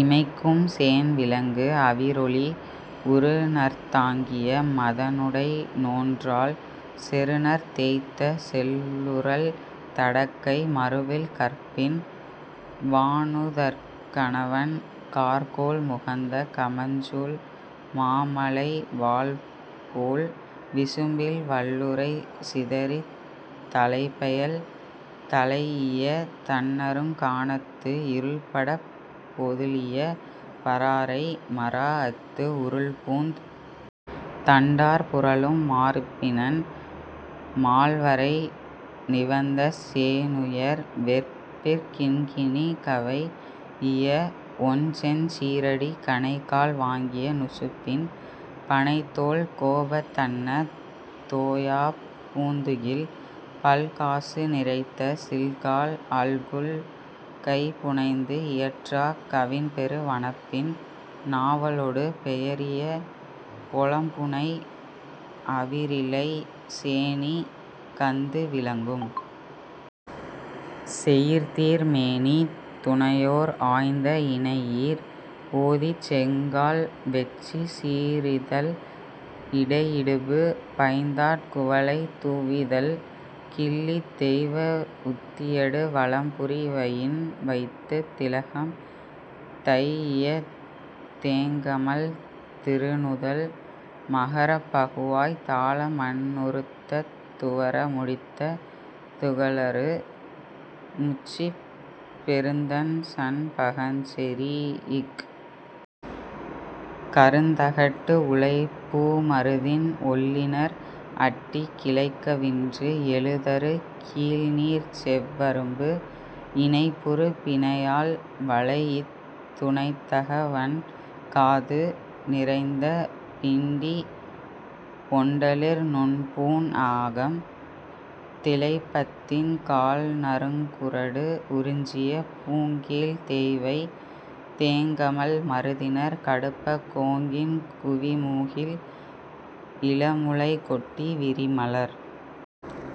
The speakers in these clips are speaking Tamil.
இமைக்கும் சேண்விளங்கு அவிரொளி உறுநர்த் தாங்கிய மதனுடை நோன்றாள் செறுநர்த் தேய்த்த செல்லுறழ் தடக்கை மறுவில் கற்பின் வாணுதற் கணவன் கார்கோள் முகந்த கமஞ்சூல் மாமழை வாள்போழ் விசும்பில் வள்ளுறை சிதறித் தலைப்பெயல் தலை இய தண்ணறுங் கானத்து இருள்படப் பொதுளிய பராரை மராஅத்து உருள்பூந் தண்டார் புரளும் மார்பினன், மால்வரை நிவந்த சேணுயர் வெற்பிற் கிண்கிணி கவைஇய ஒண்செஞ் சீறடி, கணைக்கால் வாங்கிய நுசுப்பின், பணைத்தோள், கோபத் தன்ன தோயாப் பூந்துகில், பல்காசு நிரைத்த சில்காழ் அல்குல், கைபுனைந்து இயற்றாக் கவின்பெறு வனப்பின், நாவலொடு பெயரிய பொலம்புனை அவிரிழை, சேணிகந்து விளங்கும் செயிர்தீர் மேனி, துணையோர் ஆய்ந்த இணையீர் ஓதிச் செங்கால் வெட்சிச் சீறிதழ் இடையிடுபு பைந்தாட் குவளைத் தூவிதழ் கிள்ளித் தெய்வ வுத்தியடு வலம்புரி வயின்வைத்துத் திலகம் தைஇய தேங்கமழ் திருநுதல் மகரப் பகுவாய் தாழமண் ணுறுத்துத் துவர முடித்த துகளறு முச்சிப் பெருந்தண் சண்பகஞ் செரீஇக் கருந்தகட்டு உளைப்பூ மருதின் ஒள்ளிணர் அட்டிக் கிளைக்கவின்று எழுதரு கீழ்நீர்ச் செவ்வரும்பு இணைப்புறு பிணையல் வளைஇத் துணைத்தக வண்காது நிறைந்த பிண்டி ஒண்டளிர் நுண்பூண் ஆகம் திளைப்பத் திண்காழ் நறுங்குறடு உரிஞ்சிய பூங்கேழ்த் தேய்வை தேங்கமழ் மருதிணர் கடுப்பக் கோங்கின் குவிமுகிழ் இளமுலைக் கொட்டி விரிமலர்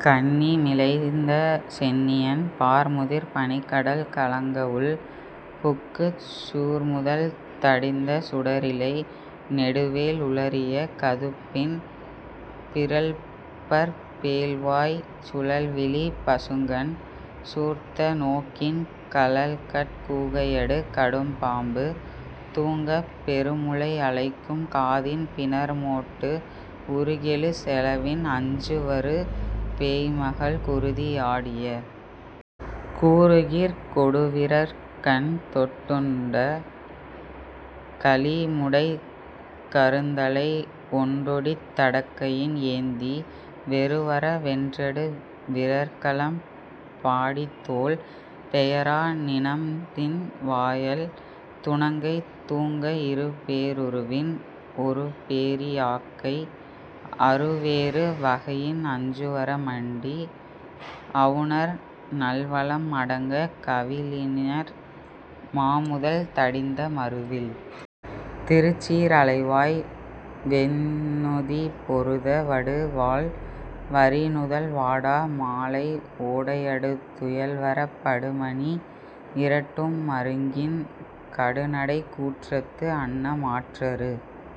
கண்ணி மிலைந்த சென்னியன், பார்முதிர் பனிக்கடல் கலங்கவுள் புக்குச் சூர்முதல் தடிந்த சுடரிலை நெடுவேல் உலறிய கதுப்பின் பிறழ்பற் பேழ்வாய்ச் சுழல்விழிப் பசுங்கண் சூர்த்த நோக்கின் கழல்கட் கூகையடு கடும்பாம்பு தூங்கப் பெருமுலை அலைக்கும் காதின் பிணர்மோட்டு உருகெழு செலவின் அஞ்சுவரு பேய்மகள் குருதி ஆடிய கூருகிர்க் கொடுவிரற் கண்தொட் டுண்ட கழிமுடைக் கருந்தலை ஒண்டொடித் தடக்கையின் ஏந்தி வெருவர வென்றடு விறற்களம் பாடித்தோள் பெயரா நிணம்தின் வாயள் துணங்கை தூங்க இருபே ருருவின் ஒருபே ரியாக்கை அறுவேறு வகையின் அஞ்சுவர மண்டி அவுணர் நல்வலம் அடங்கக் கவிழிணர் மாமுதல் தடிந்த மறுவில் திருச்சீர் அலைவாய் வைந்நுதி பொருத வடுவாழ் வரிநுதல் வாடா மாலை ஓடையடு துயல்வரப் படுமணி இரட்டும் மருங்கின் கடுநடைக் கூற்றத்து அன்ன மாற்றரு